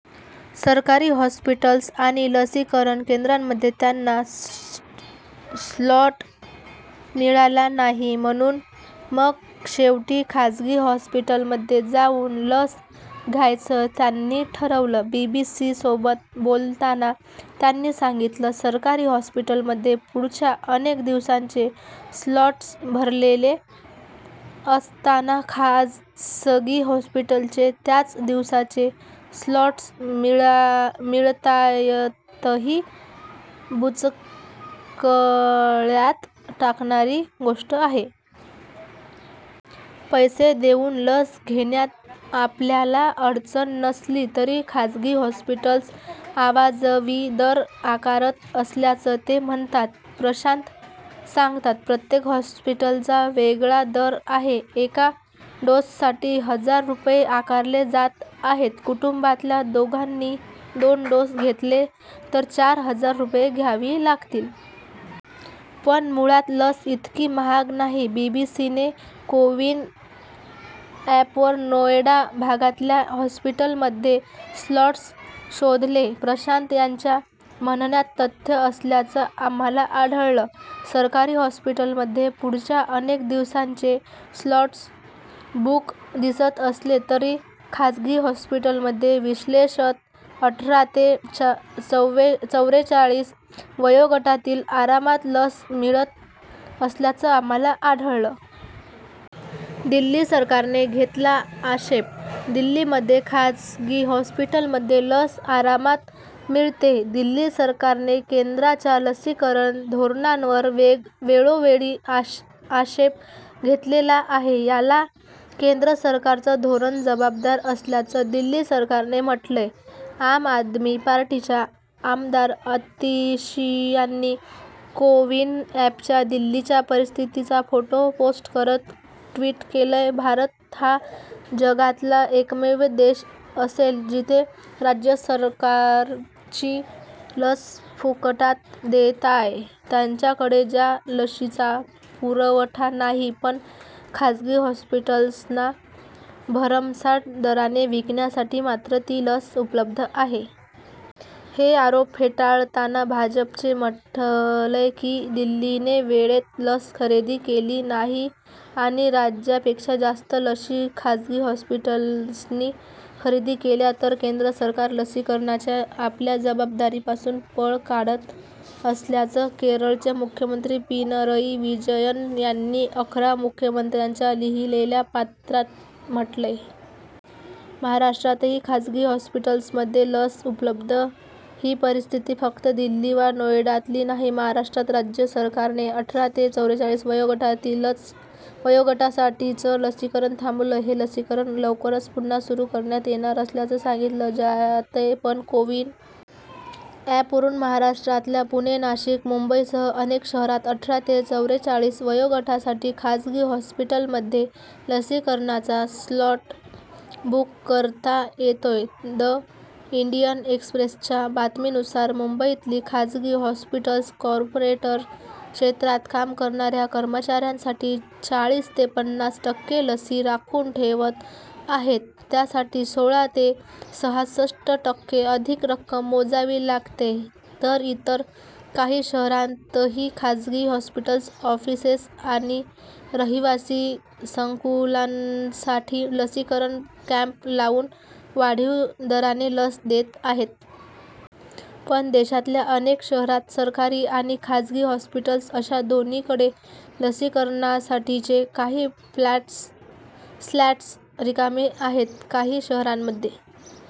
सरकारी हॉस्पिटल्स आणि लसीकरण केंद्रांमध्ये त्यांना स्लॉट मिळाला नाही. म्हणून मग शेवटी खासगी हॉस्पिटलमध्ये जाऊन लस घ्यायचं त्यांनी ठरवलं. बीबीसीसोबत बोलताना त्यांनी सांगितलं, सरकारी हॉस्पिटल्समध्ये पुढच्या अनेक दिवसांचे स्लॉट्स भरलेले असताना खासगी हॉस्पिटल्सचे त्याच दिवसाचे स्लॉट्स मिळतायतही बुचकळ्यात टाकणारी गोष्ट आहे. पैसे देऊन लस घेण्यात आपल्याला अडचण नसली तरी खासगी हॉस्पिटल्स अवाजवी दर आकारत असल्याचं ते म्हणतात. प्रशांत सांगतात, प्रत्येक हॉस्पिटलचा वेगळा दर आहे. एका डोससाठी हजार रुपये आकारले जात आहेत. कुटुंबातल्या दोघांनी दोन डोस घेतले तर चार हजार रुपये द्यावी लागतील. पण मुळात लस इतकी महाग नाही. बीबीसीने कोविन अँपवर नोएडा भागातल्या हॉस्पिटल्समधले स्लॉट्स शोधले. प्रशांत यांच्या म्हणण्यात तथ्य असल्याचं आम्हाला आढळलं. सरकारी हॉस्पिटल्समधले पुढच्या अनेक दिवसांचे स्लॉट्स बुक दिसत असले तरी खासगी हॉस्पिटल्समध्ये विशेषतः अठरा ते चव्वेचाळीस वयोगटालाही आरामात लस मिळत असल्याचं आम्हाला आढळलं. दिल्ली सरकारने घेतला आक्षेप दिल्लीमध्ये खासगी हॉस्पिटल्समध्ये लस आरामात मिळतेय. दिल्ली सरकारने केंद्राच्या लसीकरण धोरणांवर वेळोवेळी आक्षेप घेतलेला आहे. याला केंद्र सरकारचं धोरण जबाबदार असल्याचं दिल्ली सरकारने म्हटलंय. आम आदमी पार्टीच्या आमदार आतिशी यांनी कोविन अँपच्या दिल्लीच्या परिस्थितीचा फोटो पोस्ट करत ट्वीट केलंय, भारत हा जगातला एकमेव देश असेल जिथे राज्य सरकारं जी लस फुकटात देतायत, त्यांच्याकडे ज्या लशीचा पुरवठा नाही पण खासगी हॉस्पिटल्सना भरमसाठ दराने विकण्यासाठी मात्र ती लस उपलब्ध आहे. हे आरोप फेटाळताना भाजपने म्हटलंय की दिल्लीने वेळेत लस खरेदी केली नाही आणि राज्यापेक्षा जास्त लशी खासगी हॉस्पिटल्सनी खरेदी केल्या. तर केंद्र सरकार लसीकरणाच्या आपल्या जबाबदारीपासून पळ काढत असल्याचं केरळचे मुख्यमंत्री पिनरई विजयन यांनी अकरा मुख्यमंत्र्यांना लिहिलेल्या पत्रात म्हटलंय. महाराष्ट्रातही खासगी हॉस्पिटल्समध्ये लस उपलब्ध ही परिस्थिती फक्त दिल्ली वा नोएडातली नाही. महाराष्ट्रात राज्य सरकारने अठरा ते चव्वेचाळीस वयोगटासाठीचं लसीकरण थांबवलं हे लसीकरण लवकरच पुन्हा सुरू करण्यात येणार असल्याचं सांगितलं जातंय. पण कोविन अँपवरून महाराष्ट्रातल्या पुणे, नाशिक, मुंबईसह अनेक शहरांत अठरा ते चव्वेचाळीस वयोगटासाठी खासगी हॉस्पिटलमध्ये लसीकरणाचा स्लॉट बुक करता येतोय द इंडियन एक्स्प्रेसच्या बातमीनुसार मुंबईतली खासगी हॉस्पिटल्स कॉर्पोरेट क्षेत्रात काम करणाऱ्या कर्मचाऱ्यांसाठी चाळीस ते पन्नास टक्के लसी राखून ठेवत आहेत त्यासाठी सोळा ते सहासष्ट टक्के अधिक रक्कम मोजावी लागतेय तर इतर काही शहरांतही खासगी हॉस्पिटल्स ऑफिसेस आणि रहिवासी संकुलांसाठी लसीकरण कॅम्प लावून वाढीव दराने लस देत आहेत. पण देशातल्या अनेक शहरांत सरकारी आणि खासगी हॉस्पिटल्स अशा दोन्हीकडे लसीकरणासाठीचे काही स्लॉट्स रिकामे आहेत. काही शहरांमध्ये